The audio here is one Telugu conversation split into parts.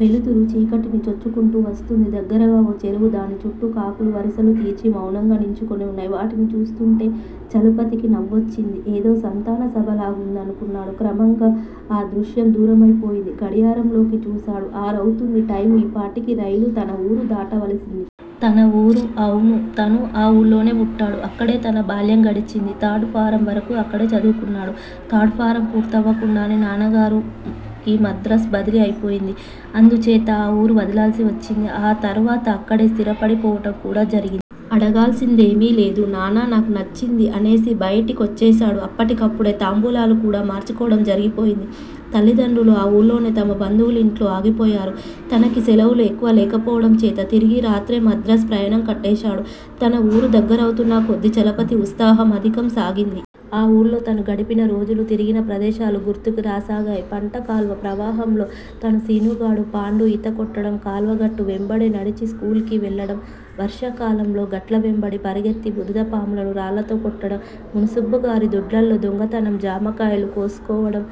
వెలుతురు చీకటిని చొచ్చుకొంటూ వస్తూంది. దగ్గరగా ఓ చెరువు. దాని చుట్టూ కాకులు వరుసలు తీర్చి మౌనంగా నించుకొని ఉన్నాయి. వాటిని చూస్తూంటే చలపతికి నవ్వొచ్చింది. 'ఏదో సంతాన సభలాగుంది' అనుకొన్నాడు. క్రమంగా ఆ దృశ్యం దూరమయిపోయింది. గడియారంలోకి చూశాడు. అరవుతోంది టైమ్. ఈపాటికి రైలు తన ఊరు దాటవలసింది. తన ఊరు! అవును. తను ఆ ఊళ్లోనే పుట్టాడు. అక్కడే తన బాల్యం గడిచింది. థర్డ్ ఫారమ్ వరకూ అక్కడే చదువుకొన్నాడు. ధర్డ్ ఫారం పూర్తవకుండానే నాన్నగారికి మద్రాస్ బదిలీ అయిపోయింది. అందుచేత ఆ ఊరు వదలాల్సి వచ్చింది. ఆ తరువాత అక్కడే స్థిరపడిపోవటం కూడా జరిగింది. అడగాల్సిందేమీ లేదు. నాన్నా! నాకు నచ్చింది! అనేసి బయటి కొచ్చేశాడు. అప్పటికప్పుడే తాంబూలాలు కూడా మార్చుకోవడం జరిగిపోయింది. తల్లిదండ్రులు ఆ ఊళ్లోనే తమ బంధువులింట్లో ఆగిపోయారు. తనకి సెలవులు ఎక్కువ లేకపోవడం చేత తిరిగి ఆ రాత్రే మద్రాసు ప్రయాణం కట్టేశాడు. తన ఊరు దగ్గరవుతున్న కొద్దీ చలపతిలో ఉత్సాహం అధికం కాసాగింది. ఆ ఊళ్లో తను గడిపిన రోజులూ, తిరిగిన ప్రదేశాలు గుర్తుకి రాసాగినాయి. పంట కాలవ ప్రవాహంలో తనూ, శీనుగాడూ, పాండూ ఈతకొట్టడం, కాలవగట్టు వెంబడే నడిచి స్కూల్ కి వెళ్ళడం, వర్షాకాలంలో గట్ల వెంబడి పరుగెత్తే బురదపాములను రాళ్ళతో కొట్టడం, మున్సబుగారి దొడ్లో దొంగతనంగా జామకాయలు కోసుకోవడం-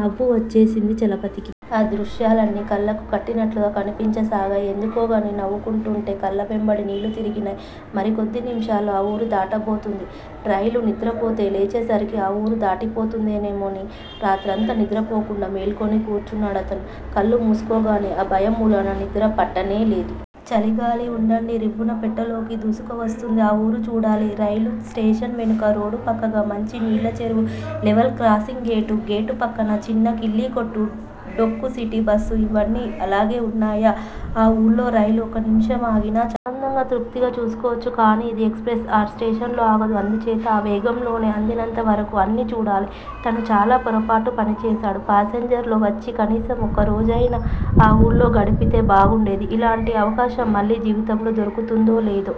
నవ్వు వచ్చేసింది చలపతికి. ఆ దృశ్యాలన్నీ కళ్లకు కట్టినట్లు కనిపించసాగాయ్- ఎందుకనో నవ్వుకుంటూంటే కళ్ల వెంబడి నీళ్ళు తిరిగినయ్. మరి కొద్ది నిమిషాల్లో ఆ ఊరు దాటబోతోంది రైలు. నిద్రపోతే లేచేసరికి ఆ ఊరు దాటిపోతుందేమోనని రాత్రంతా నిద్రపోకుండా మేలుకొని కూర్చున్నాడతను. కళ్ళు మూసుకొగాని ఆ భయం మూలాన నిద్రపట్టనేలేదు. చలిగాలి ఉండుండి రివ్వున పెట్టెలోకి దూసుకువస్తోంది. ఆ ఊరు చూడాలి. రైలు స్టేషన్ వెనుక రోడ్డూ, పక్కగా మంచి నీళ్ళ చెరువూ, లెవెల్ క్రాసింగ్ గేటూ, గేటు పక్కన చిన్న కిళ్లీకొట్టూ, డొక్కు సిటీబస్సూ ఇవన్నీ అలాగే ఉన్నాయా? ఆ ఊళ్లో రైలు ఒక్క నిమిషమాగినా చాలు. ఆనందంగా, తృప్తిగా చూసుకోవచ్చు. కానీ ఇది ఎక్స్ ప్రెస్! ఆ స్టేషన్లో ఆగదు. అందుచేత ఆ వేగంలోనే అందినంతవరకూ అన్నీ చూడాలి. తను చాలా పొరపాటు పని చేశాడు. పాసెంజర్ లో వచ్చి కనీసం ఒక్కరోజయినా ఆ వూళ్ళో గడిపితే బాగుండేది. ఇలాంటి అవకాశం మళ్ళీ జీవితంలో దొరుకుతుందో, లేదో?